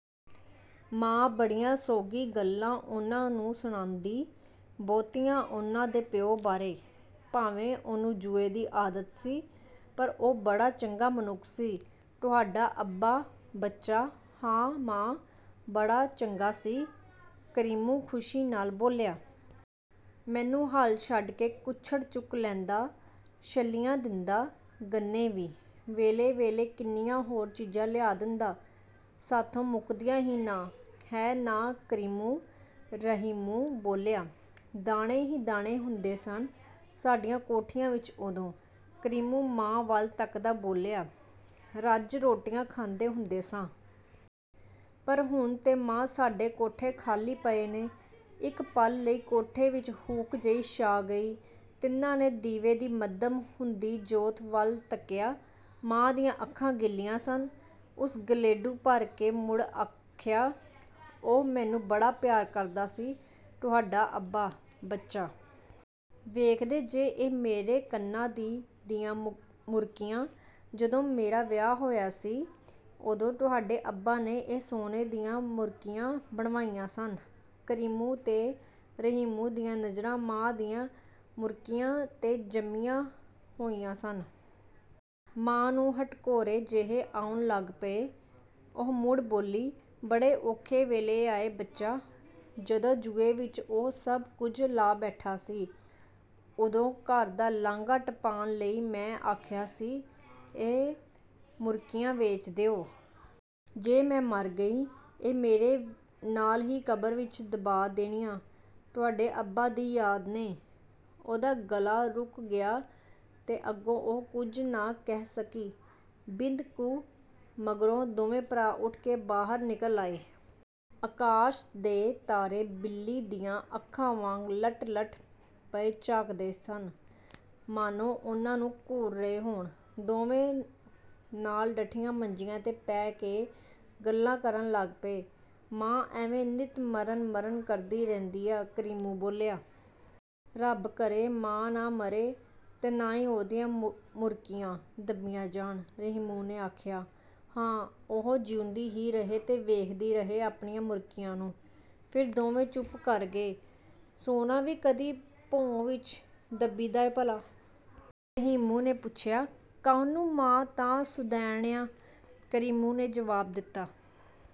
ਮਾਂ ਬੜੀਆਂ ਸੋਗੀ ਗੱਲਾਂ ਉਨ੍ਹਾਂ ਨੂੰ ਸੁਣਾਂਦੀ, ਬਹੁਤੀਆਂ ਉਨ੍ਹਾਂ ਦੇ ਪਿਉ ਬਾਰੇ। "ਭਾਵੇਂ ਉਹਨੂੰ ਜੂਏ ਦੀ ਆਦਤ ਸੀ, ਪਰ ਉਹ ਬੜਾ ਚੰਗਾ ਮਨੁੱਖ ਸੀ, ਤੁਹਾਡਾ ਅੱਬਾ, ਬੱਚਾ। "ਹਾਂ ਮਾਂ, ਬੜਾ ਚੰਗਾ ਸੀ", ਕਰੀਮੂ ਖ਼ੁਸ਼ੀ ਨਾਲ ਬੋਲਿਆ। "ਮੈਨੂੰ ਹਲ ਛੱਡ ਕੇ ਕੁੱਛੜ ਚੁੱਕ ਲੈਂਦਾ, ਛੱਲੀਆਂ ਦਿੰਦਾ, ਗੰਨੇ ਵੀ। ਵੇਲੇ-ਵੇਲੇ ਕਿੰਨੀਆਂ ਹੋਰ ਚੀਜ਼ਾਂ ਲਿਆ ਦਿੰਦਾ। ਸਾਥੋਂ ਮੁਕਦੀਆਂ ਹੀ ਨਾ ਹੈ ਨਾ ਕਰੀਮੂ?" ਰਹੀਮੂ ਬੋਲਿਆ। "ਦਾਣੇ ਹੀ ਦਾਣੇ ਹੁੰਦੇ ਸਨ ਸਾਡੇ ਕੋਠਿਆਂ ਵਿੱਚ ਉਦੋਂ", ਕਰੀਮੂ ਮਾਂ ਵੱਲ ਤਕਦਾ ਬੋਲਿਆ, "ਰੱਜ ਰੋਟੀਆਂ ਖਾਂਦੇ ਹੁੰਦੇ ਸਾਂ। ਪਰ ਹੁਣ ਤੇ, ਮਾਂ ਸਾਡੇ ਕੋਠੇ ਖ਼ਾਲੀ ਪਏ ਨੇ। ਇੱਕ ਪਲ ਲਈ ਕੋਠੇ ਵਿੱਚ ਹੂਕ ਜਿਹੀ ਛਾ ਗਈ। ਤਿੰਨਾਂ ਨੇ ਦੀਵੇ ਦੀ ਮੱਧਮ ਹੁੰਦੀ ਜੋਤ ਵੱਲ ਤੱਕਿਆ। ਮਾਂ ਦੀਆਂ ਅੱਖਾਂ ਗਿੱਲੀਆਂ ਸਨ। ਉਸ ਗਲੇਡੂ ਭਰ ਕੇ ਮੁੜ ਆਖਿਆ, "ਉਹ ਮੈਨੂੰ ਬੜਾ ਪਿਆਰ ਕਰਦਾ ਸੀ ਤੁਹਾਡਾ ਅੱਬਾ, ਬੱਚਾ। ਵੇਖਦੇ ਜੇ ਇਹ ਮੇਰੇ ਕੰਨਾਂ ਦੀਆਂ ਮੁਰਕੀਆਂ? ਜਦੋਂ ਮੇਰਾ ਵਿਆਹ ਹੋਇਆ ਸੀ, ਉਦੋਂ ਤੁਹਾਡੇ ਅੱਬਾ ਨੇ ਇਹ ਸੋਨੇ ਦੀਆਂ ਮੁਰਕੀਆਂ ਬਣਵਾਈਆਂ ਸਨ। ਕਰੀਮੂ ਤੇ ਰਹੀਮੂ ਦੀਆਂ ਨਜ਼ਰਾਂ ਮਾਂ ਦੀਆਂ ਮੁਰਕੀਆਂ ਤੇ ਜੰਮੀਆਂ ਹੋਈਆਂ ਸਨ। ਮਾਂ ਨੂੰ ਹਟਕੋਰੇ ਜਿਹੇ ਆਉਣ ਲੱਗ ਪਏ। ਉਹ ਮੁੜ ਬੋਲੀ, "ਬੜੇ ਔਖੇ ਵੇਲੇ ਆਏ, ਬੱਚਾ। ਜਦੋਂ ਜੂਏ ਵਿਚ ਉਹ ਸਭ ਕੁਝ ਲਾ ਬੈਠਾ ਸੀ, ਓਦੋਂ ਘਰ ਦਾ ਲਾਂਘਾ ਟਪਾਣ ਲਈ ਮੈਂ ਆਖਿਆ ਸੀ, ਇਹ ਮੁਰਕੀਆਂ ਵੇਚ ਦਿਉ। ਜੇ ਮੈਂ ਮਰ ਗਈ, ਇਹ ਮੇਰੇ ਨਾਲ ਹੀ ਕਬਰ ਵਿੱਚ ਦਬਾ ਦੇਣੀਆਂ, ਤੁਹਾਡੇ ਅੱਬਾ ਦੀ ਯਾਦ ਨੇ।" ਉਹਦਾ ਗਲਾ ਰੁਕ ਗਿਆ ਤੇ ਅੱਗੋਂ ਉਹ ਕੁਝ ਨਾ ਕਹਿ ਸਕੀ। ਬਿੰਦ ਕੁ ਮਗਰੋਂ ਦੋਵੇਂ ਭਰਾ ਉੱਠ ਕੇ ਬਾਹਰ ਨਿਕਲ ਆਏ। ਆਕਾਸ਼ ਤੇ ਤਾਰੇ ਬਿੱਲੀ ਦੀਆਂ ਅੱਖਾਂ ਵਾਂਗ ਲਟ-ਲਟ ਪਏ ਝਾਕਦੇ ਸਨ, ਮਾਨੋਂ ਉਨ੍ਹਾਂ ਨੂੰ ਘੂਰ ਰਹੇ ਹੋਣ। ਦੋਵੇਂ ਨਾਲ ਡੱਠੀਆਂ ਮੰਜੀਆਂ ਤੇ ਪੈ ਕੇ ਗੱਲਾਂ ਕਰਨ ਲੱਗ ਪਏ। "ਮਾਂ ਐਵੇਂ ਨਿੱਤ ਮਰਨ-ਮਰਨ ਕਰਦੀ ਰਹਿੰਦੀ ਆ", ਕਰੀਮੂ ਬੋਲਿਆ। "ਰੱਬ ਕਰੇ, ਮਾਂ ਨਾ ਮਰੇ ਤੇ ਨਾ ਹੀ ਉਹਦੀਆਂ ਮੁਰਕੀਆਂ ਦੱਬੀਆਂ ਜਾਣ", ਰਹੀਮੂ ਨੇ ਆਖਿਆ। "ਹਾਂ ਉਹ ਜਿਉਂਦੀ ਹੀ ਰਹੇ ਤੇ ਵੇਖਦੀ ਰਹੇ ਆਪਣੀਆਂ ਮੁਰਕੀਆਂ ਨੂੰ। " ਫਿਰ ਦੋਵੇਂ ਚੁੱਪ ਕਰ ਗਏ। "ਸੋਨਾ ਵੀ ਕਦੀ ਭੋਂ ਵਿਚ ਦੱਬੀਂਦਾ ਏ ਭਲਾ?" ਰਹੀਮੂ ਨੇ ਪੁੱਛਿਆ। "ਕਾਹਨੂੰ? ਮਾਂ ਤਾਂ ਸੁਦੈਣ ਆ," ਕਰੀਮੂ ਨੇ ਜਵਾਬ ਦਿੱਤਾ।